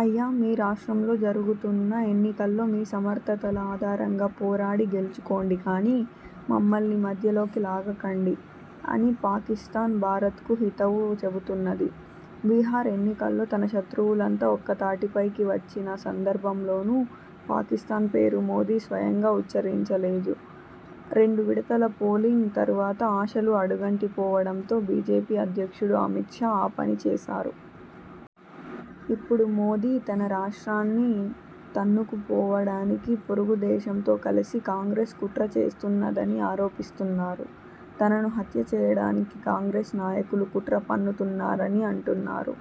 'అయ్యా! మీ రాష్ట్రంలో జరుగుతున్న ఎన్నికల్లో మీ సమర్థతల ఆధారంగా పోరాడి గెల్చుకోండి కానీ, మమ్మల్ని మధ్యలోకి లాగకండి' అని పాకిస్థాన్ భారత్కు హితవు చెబుతున్నది. బీహార్ ఎన్నికల్లో తన శత్రువులంతా ఒక్కతాటిపైకి వచ్చిన సందర్భంలోనూ పాకిస్థాన్ పేరు మోదీ స్వయంగా ఉచ్చరించలేదు. రెండువిడతల పోలింగ్ తరువాత ఆశలు అడుగంటిపోవడంతో బీజేపీ అధ్యక్షుడు అమిత్ షా ఆ పనిచేశారు. ఇప్పుడు మోదీ తన రాష్ట్రాన్ని తన్నుకుపోవడానికి పొరుగుదేశంతో కలసి కాంగ్రెస్ కుట్ర చేస్తున్నదని ఆరోపిస్తున్నారు. తనను హత్యచేయడానికి కాంగ్రెస్ నాయకులు కుట్రపన్నుతున్నారని అంటున్నారు.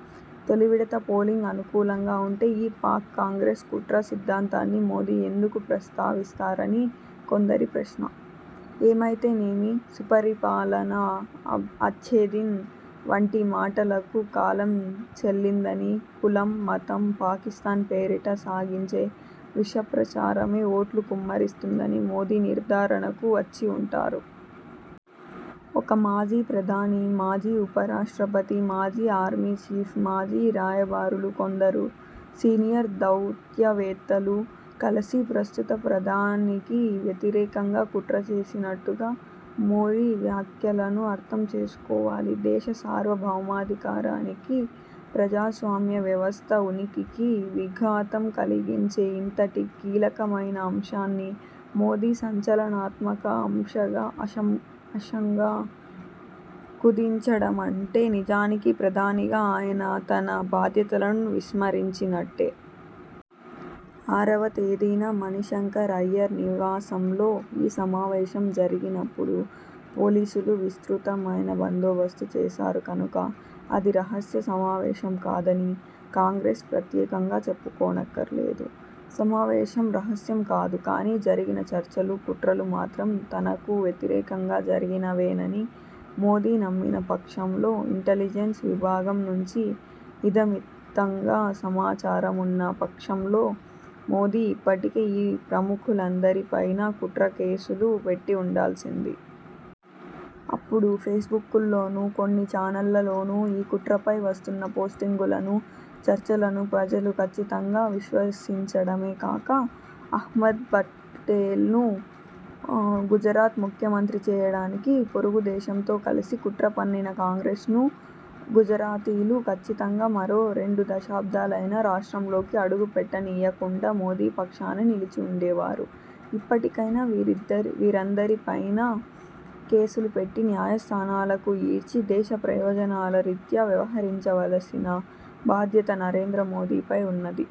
తొలివిడత పోలింగ్ అనుకూలంగా ఉంటే, ఈ పాక్–కాంగ్రెస్ కుట్ర సిద్ధాంతాన్ని మోదీ ఎందుకు ప్రస్తావిస్తారని కొందరి ప్రశ్న. ఏమైతేనేమి, సుపరిపాలన, అచ్ఛేదిన్ వంటి మాటలకు కాలం చెల్లిందనీ, కులం, మతం, పాకిస్థాన్ పేరిట సాగించే విషప్రచారమే ఓట్లు కుమ్మరిస్తుందని మోదీ నిర్థారణకు వచ్చివుంటారు. ఒక మాజీ ప్రధాని, మాజీ ఉపరాష్ట్రపతి, మాజీ ఆర్మీచీఫ్, మాజీ రాయబారులు, కొందరు సీనియర్ దౌత్యవేత్తలు కలసి ప్రస్తుత ప్రధానికి వ్యతిరేకంగా కుట్రచేసినట్టుగా మోదీ వ్యాఖ్యలను అర్థం చేసుకోవాలి. దేశ సార్వభౌమాధికారానికీ, ప్రజాస్వామ్య వ్యవస్థ ఉనికికీ విఘాతం కలిగించే ఇంతటి కీలకమైన అంశాన్ని మోదీ సంచలన్మాతక అశంగా కుదించడమంటే నిజానికి ప్రధానిగా ఆయన తన బాధ్యతలను విస్మరించినట్టే. ఆరవతేదీన మణిశంకర్ అయ్యర్ నివాసంలో ఈ సమావేశం జరిగినప్పుడు పోలీసులు విస్తృతమైన బందోబస్తు చేశారు కనుక, అది రహస్య సమావేశం కాదని కాంగ్రెస్ ప్రత్యేకంగా చెప్పుకోనక్కరలేదు. సమావేశం రహస్యం కాదు కానీ, జరిగిన చర్చలు, కుట్రలు మాత్రం తనకు వ్యతిరేకంగా జరిగినవేనని మోదీ నమ్మిన పక్షంలో, ఇంటలిజెన్స్ విభాగం నుంచి ఇదమిత్థంగా సమాచారం ఉన్న పక్షంలో మోదీ ఇప్పటికే ఈ ప్రముఖులందరిపైనా కుట్ర కేసులు పెట్టివుండాల్సింది. అప్పుడు ఫేస్బుక్కుల్లోనూ, కొన్ని చానెళ్ళలోనూ ఈ కుట్రపై వస్తున్న పోస్టింగులనూ, చర్చలను ప్రజలు కచ్చితంగా విశ్వసించడమే కాక, అహ్మద్పటేల్ను గుజరాత్ ముఖ్యమంత్రి చేయడానికి పొరుగుదేశంతో కలసి కుట్రపన్నిన కాంగ్రెస్ను గుజరాతీలు కచ్చితంగా మరో రెండుదశాబ్దాలైనా రాష్ట్రంలోకి అడుగుపెట్టనీయకుండా మోదీ పక్షానే నిలిచివుండేవారు. ఇప్పటికైనా, వీరందరిపైనా కేసులు పెట్టి న్యాయస్థానాలకు ఈడ్చి దేశ ప్రయోజనాల రీత్యా వ్యవహరించవలసిన బాధ్యత నరేంద్రమోదీపై ఉన్నది.